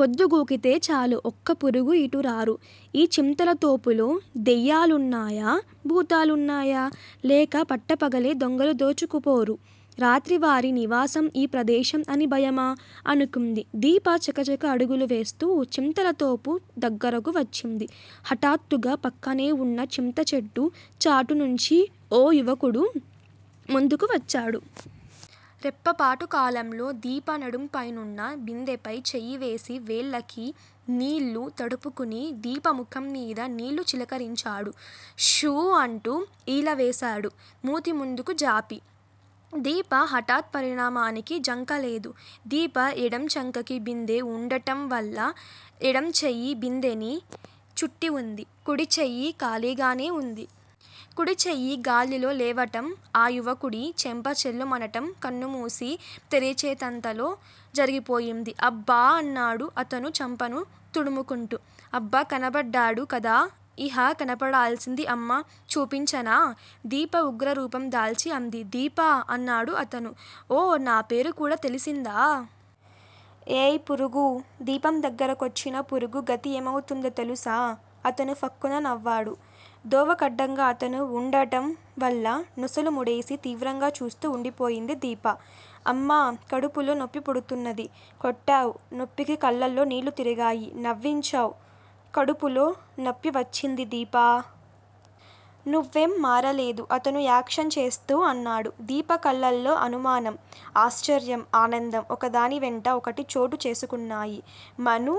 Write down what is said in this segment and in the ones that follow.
పొద్దుగూకితే చాలు ఒక్క పురుగు ఇటు రారు. ఈ చింతలతోపులో దెయ్యాలున్నాయా? భూతాలున్నాయా? లేక పట్టపగలే దొంగలు దోచుకుపోరు. రాత్రి వారి నివాసం ఈ ప్రదేశం అని భయమా? అనుకుంది. దీప చకచక అడుగులు వేస్తు చింతలతోపు దగ్గరకు వచ్చింది. హఠాత్తుగా పక్కనే వున్న చింతచెట్టు చాటునుంచి ఓ యువకుడు ముందుకు వచ్చాడు. రెప్పపాటు కాలంలో దీప నడుం పైనున్న బిందెపై చెయ్యివేసి వేళ్ళకి నీళ్ళు తడుపుకుని దీప ముఖంమీద నీళ్ళు చిలకరించాడు. షూ అంటూ ఈలవేశాడు మూతి ముందుకు జాపి. దీప హఠాత్ పరిణామానికి జంకలేదు. దీప ఎడం చంకకి బిందె వుండటంవల్ల ఎడంచెయ్యి బిందెని చుట్టివుంది. కుడిచెయ్యి ఖాళీగానే వుంది. కుడిచెయ్యి గాలిలో లేవటం ఆ యువకుడి చెంప ఛెళ్లుమనటం కన్నుమూసి తెరిచేటంతలో జరిగిపోయింది. అబ్బా! అన్నాడు అతను చెంపను తుడుముకుంటూ. అబ్బ కనపడ్డాడు కదా? ఇహ కనపడాల్సింది అమ్మ. చూపించనా? దీప ఉగ్రరూపం దాల్చి అంది. దీపా! అన్నాడు అతను. ఓ నా పేరు కూడా తెలిసిందా? ఏయ్ పురుగూ, దీపందగ్గర కొచ్చిన పురుగు గతి ఏమవుతుందో తెలుసా. అతను ఫక్కున నవ్వాడు. దోవ కడ్డంగా అతను వుండటం వల్ల నొసలు ముడేసి తీవ్రంగా చూస్తూ వుండిపోయింది దీప. అమ్మా, కడుపులో నొప్పిపుడుతున్నది. కొట్టావ్, నొప్పికి కళ్ళల్లో నీళ్ళుతిరిగాయి. నవ్వించావ్, కడుపులో నొప్పివచ్చింది. దీపా! నువ్వేం మారలేదు అతను యాక్షన్ చేస్తూ అన్నాడు. దీప కళ్ళల్లో అనుమానం, ఆశ్చర్యం, ఆనందం ఒక దాని వెంట ఒకటి చోటు చేసుకున్నాయి. మనూ!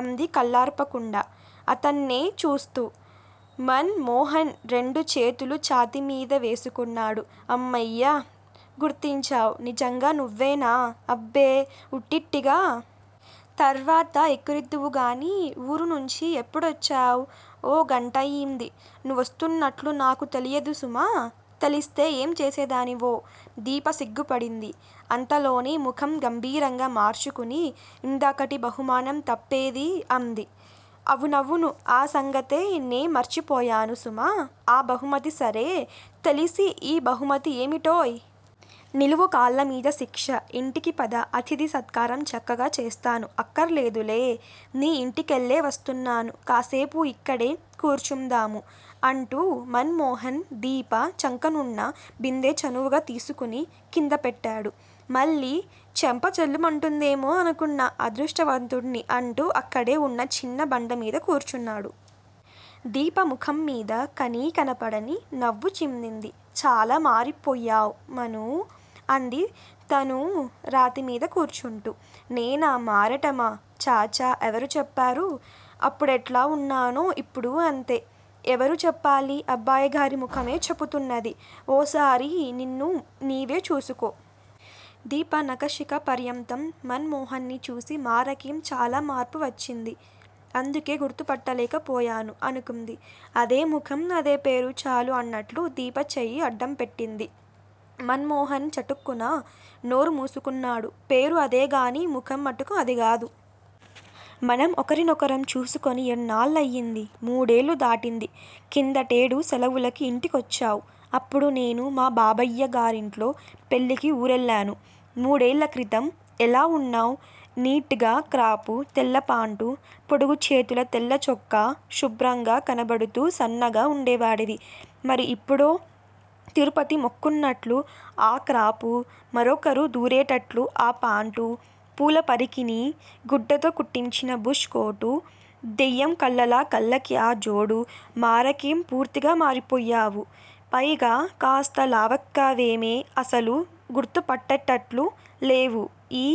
అంది కళ్ళార్పకుండా అతన్నే చూస్తూ. మన్ మోహన్ రెండు చేతులు ఛాతీమీద వేసుకున్నాడు. అమ్మయ్య, గుర్తించావ్! నిజంగా నువ్వేనా? అబ్బే ఉట్టిట్టిగా. తర్వాత ఎక్కిరిద్దువుగాని, ఊరునుంచి ఎప్పుడొచ్చావ్? ఓ గంటయింది. నువ్వొస్తున్నట్లు నాకు తెలియదు సుమా? తెలిస్తే ఏం చేసేదానివో? దీప సిగ్గుపడింది. అంతలోనే ముఖం గంభీరంగా మార్చుకుని ఇందాకటి బహుమానం తప్పేది అంది. అవునవును, ఆ సంగతే నే మర్చిపోయాను సుమా? ఆ బహుమతి సరే! తెలిసి ఈ బహుమతి ఏమిటోయ్? నిలువు కాళ్ళమీద శిక్ష. ఇంటికి పద, అతిధి సత్కారం చక్కగా చేస్తాను అక్కరలేదులే. మీ ఇంటి కెళ్ళే వస్తున్నాను. కాసేపు ఇక్కడే కూర్చుందాము అంటూ మన్ మోహన్, దీప చంకనున్న బిందె చనువుగా తీసుకుని కిందపెట్టాడు. మళ్ళీ చెంప ఛెళ్ళుమంటుందేమో అనుకున్నా అదృష్టవంతుడ్ని అంటూ అక్కడే వున్న చిన్న బండమీద కూర్చున్నాడు. దీప ముఖంమీద కనీ కనపడని నవ్వు చిందింది. చాలా మారిపొయ్యావ్ మనూ! అంది తనూ రాతి మీద కూర్చుంటూ. నేనా? మారటమా? ఛా ఛా ఎవరు చెప్పారు? అప్పుడెట్లా వున్నానో ఇప్పుడూ అంతే. ఎవరు చెప్పాలి, అబ్బాయిగారి ముఖమే చెపుతున్నది. ఓ సారి నిన్ను నీవే చూసుకో. దీప నఖశిఖ పర్యంతం మన్ మోహన్ ని చూసి మారకేం, చాలా మార్పు వచ్చింది. అందుకే గుర్తుపట్టలేక పోయాను అనుకుంది. అదే ముఖం అదే పేరు చాలు అన్నట్లు దీప చెయ్యి అడ్డంపెట్టింది. మన్ మోహన్ చటుక్కున నోరు మూసుకున్నాడు. పేరు అదేగాని ముఖం మటుకు అదిగాదు. మనం ఒకరినొకరం చూసుకుని ఎన్నాళ్ళయింది? మూడేళ్ళు దాటింది. కిందటేడు శలవులకి ఇంటికొచ్చావ్, అప్పుడు నేను మా బాబయ్యగారింట్లో పెళ్ళికి ఊరెళ్ళాను. మూడేళ్ళక్రితం ఎలా వున్నావ్? నీట్ గా క్రాపు, తెల్లపాంటు, పొడుగుచేతుల తెల్ల చొక్కా, శుభ్రంగా కనపడుతూ సన్నగా వుండేవాడివి. మరి ఇప్పుడో? తిరుపతి మొక్కున్నట్లు ఆ క్రాపు, మరొకరు దూరేటట్లు ఆ పాంటు, పూల పరికిణీ గుడ్డతో కుట్టించిన బుష్ కోటు, దెయ్యం కళ్ళలా కళ్ళకి ఆ జోడు మారకేం పూర్తిగా మారిపొయ్యావు. పైగా కాస్త లావెక్కావేమే అసలు గుర్తు పట్టటట్లు లేవు. ఈ